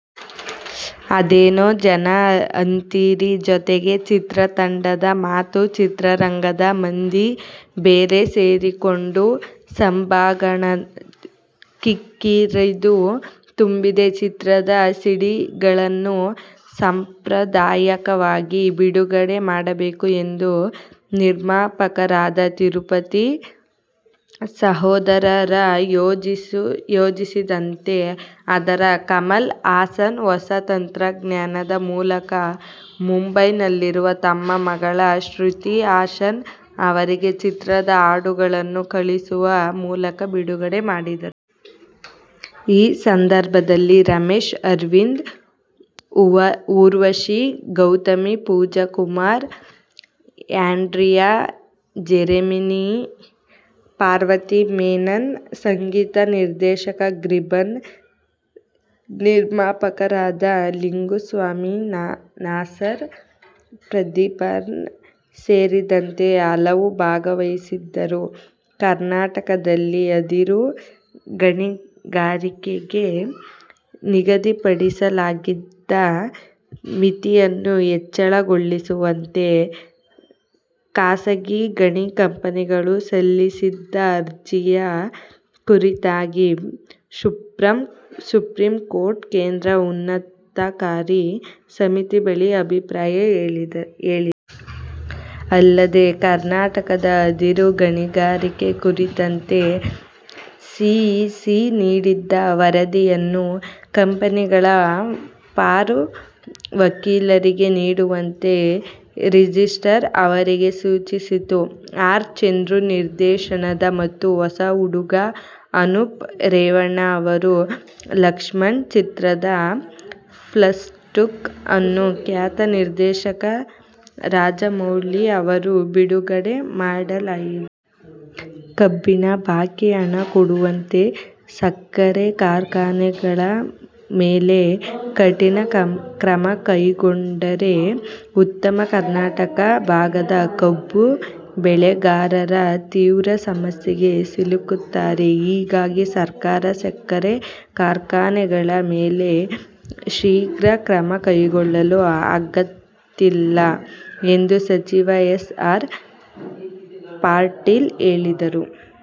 ಅದೇನು ಜನ ಅಂತೀರಿ. ಜೊತೆಗೆ ಚಿತ್ರತಂಡದ ಮತ್ತು ಚಿತ್ರರಂಗದ ಮಂದಿ ಬೇರೆ ಸೇರಿಕೊಂಡು ಸಭಾಂಗಣ ಕಿಕ್ಕಿರಿದು ತುಂಬಿತ್ತು. ಚಿತ್ರದ ಸಿಡಿಗಳನ್ನು ಸಾಂಪ್ರದಾಯಿಕವಾಗಿ ಬಿಡುಗಡೆ ಮಾಡಬೇಕು ಎಂದು ನಿರ್ಮಾಪಕರಾದ ತಿರುಪತಿ ಸಹೋದರರು ಯೋಚಿಸಿದ್ದರಂತೆ. ಆದರೆ, ಕಮಲ್ ಹಾಸನ್ ಹೊಸ ತಂತ್ರಜ್ಞಾನದ ಮೂಲಕ, ಮುಂಬೈನಲ್ಲಿರುವ ತಮ್ಮ ಮಗಳು ಶ್ರುತಿ ಹಾಸನ್ ಅವರಿಗೆ ಚಿತ್ರದ ಹಾಡುಗಳನ್ನು ಕಳಿಸುವ ಮೂಲಕ ಬಿಡುಗಡೆ ಮಾಡಿದರು. ಈ ಸಂದರ್ಭದಲ್ಲಿ ರಮೇಶ್ ಅರವಿಂದ್, ಊರ್ವಶಿ, ಗೌತಮಿ, ಪೂಜಾ ಕುಮಾರ್, ಆ್ಯಂಡ್ರಿಯಾ ಜೆರೆಮಿಯಾ, ಪಾರ್ವತಿ ಮೆನನ್, ಸಂಗೀತ ನಿರ್ದೇಶಕ ಗಿಬ್ರಾನ್, ನಿರ್ಮಾಪಕರಾದ ಲಿಂಗುಸ್ವಾಮಿ, ನಾಸರ್, ಪಾರ್ಥಿಬನ್ ಸೇರಿದಂತೆ ಹಲವು ಭಾಗವಹಿಸಿದ್ದರು. ಕರ್ನಾಟಕದಲ್ಲಿ ಅದಿರು ಗಣಿಗಾರಿಕೆಗೆ ನಿಗದಿಪಡಿಸಲಾಗಿದ್ದ ಮಿತಿಯನ್ನು ಹೆಚ್ಚಳಗೊಳಿಸುವಂತೆ ಖಾಸಗಿ ಗಣಿ ಕಂಪನಿಗಳು ಸಲ್ಲಿಸಿದ್ದ ಅರ್ಜಿಯ ಕುರಿತಾಗಿ ಸುಪ್ರೀಂ ಕೋರ್ಟ್ ಕೇಂದ್ರ ಉನ್ನತಾಧಿಕಾರ ಸಮಿತಿ ಬಳಿ ಅಭಿಪ್ರಾಯ ಕೇಳಿದೆ. ಅಲ್ಲದೇ ಕರ್ನಾಟದ ಅದಿರು ಗಣಿಗಾರಿಕೆ ಕುರಿತಂತೆ ಸಿಇಸಿ ನೀಡಿದ್ದ ವರದಿಯನ್ನು ಕಂಪನಿಗಳ ಪರ ವಕೀಲರಿಗೆ ನೀಡುವಂತೆ ರಿಜಿಸ್ಟ್ರಿ ಅವರಿಗೆ ಸೂಚಿಸಿತು. ಆರ್. ಚಂದ್ರು ನಿರ್ದೇಶನದ ಮತ್ತು ಹೊಸ ಹುಡುಗ ಅನೂಪ್ ರೇವಣ್ಣ ಅವರ "ಲಕ್ಷ್ಮಣ' ಚಿತ್ರದ ಫಸ್ಟ್ಲುಕ್ ಅನ್ನು ಖ್ಯಾತ ನಿರ್ದೇಶಕ ರಾಜಮೌಳಿ ಅವರು ಬಿಡುಗಡೆ ಮಾಡಲಿದ್ದಾರೆ. ಕಬ್ಬಿನ ಬಾಕಿ ಹಣ ಕೊಡುವಂತೆ ಸಕ್ಕರೆ ಕಾರ್ಖಾನೆಗಳ ಮೇಲೆ ಕಠಿಣ ಕ್ರಮ ಕೈಗೊಂಡರೆ ಉತ್ತರ ಕರ್ನಾಟಕ ಭಾಗದ ಕಬ್ಬು ಬೆಳೆಗಾರರ ತೀವ್ರ ಸಮಸ್ಯೆಗೆ ಸಿಲುಕುತ್ತಾರೆ. ಹೀಗಾಗಿ ಸರ್ಕಾರ ಸಕ್ಕರೆ ಕಾರ್ಖಾನೆಗಳ ಮೇಲೆ ಶೀಘ್ರ ಕ್ರಮ ಕೈಗೊಳ್ಳಲು ಆಗುತ್ತಿಲ್ಲ ಎಂದು ಸಚಿವ ಎಸ್. ಆರ್. ಪಾಟೀಲ್ ಹೇಳಿದರು.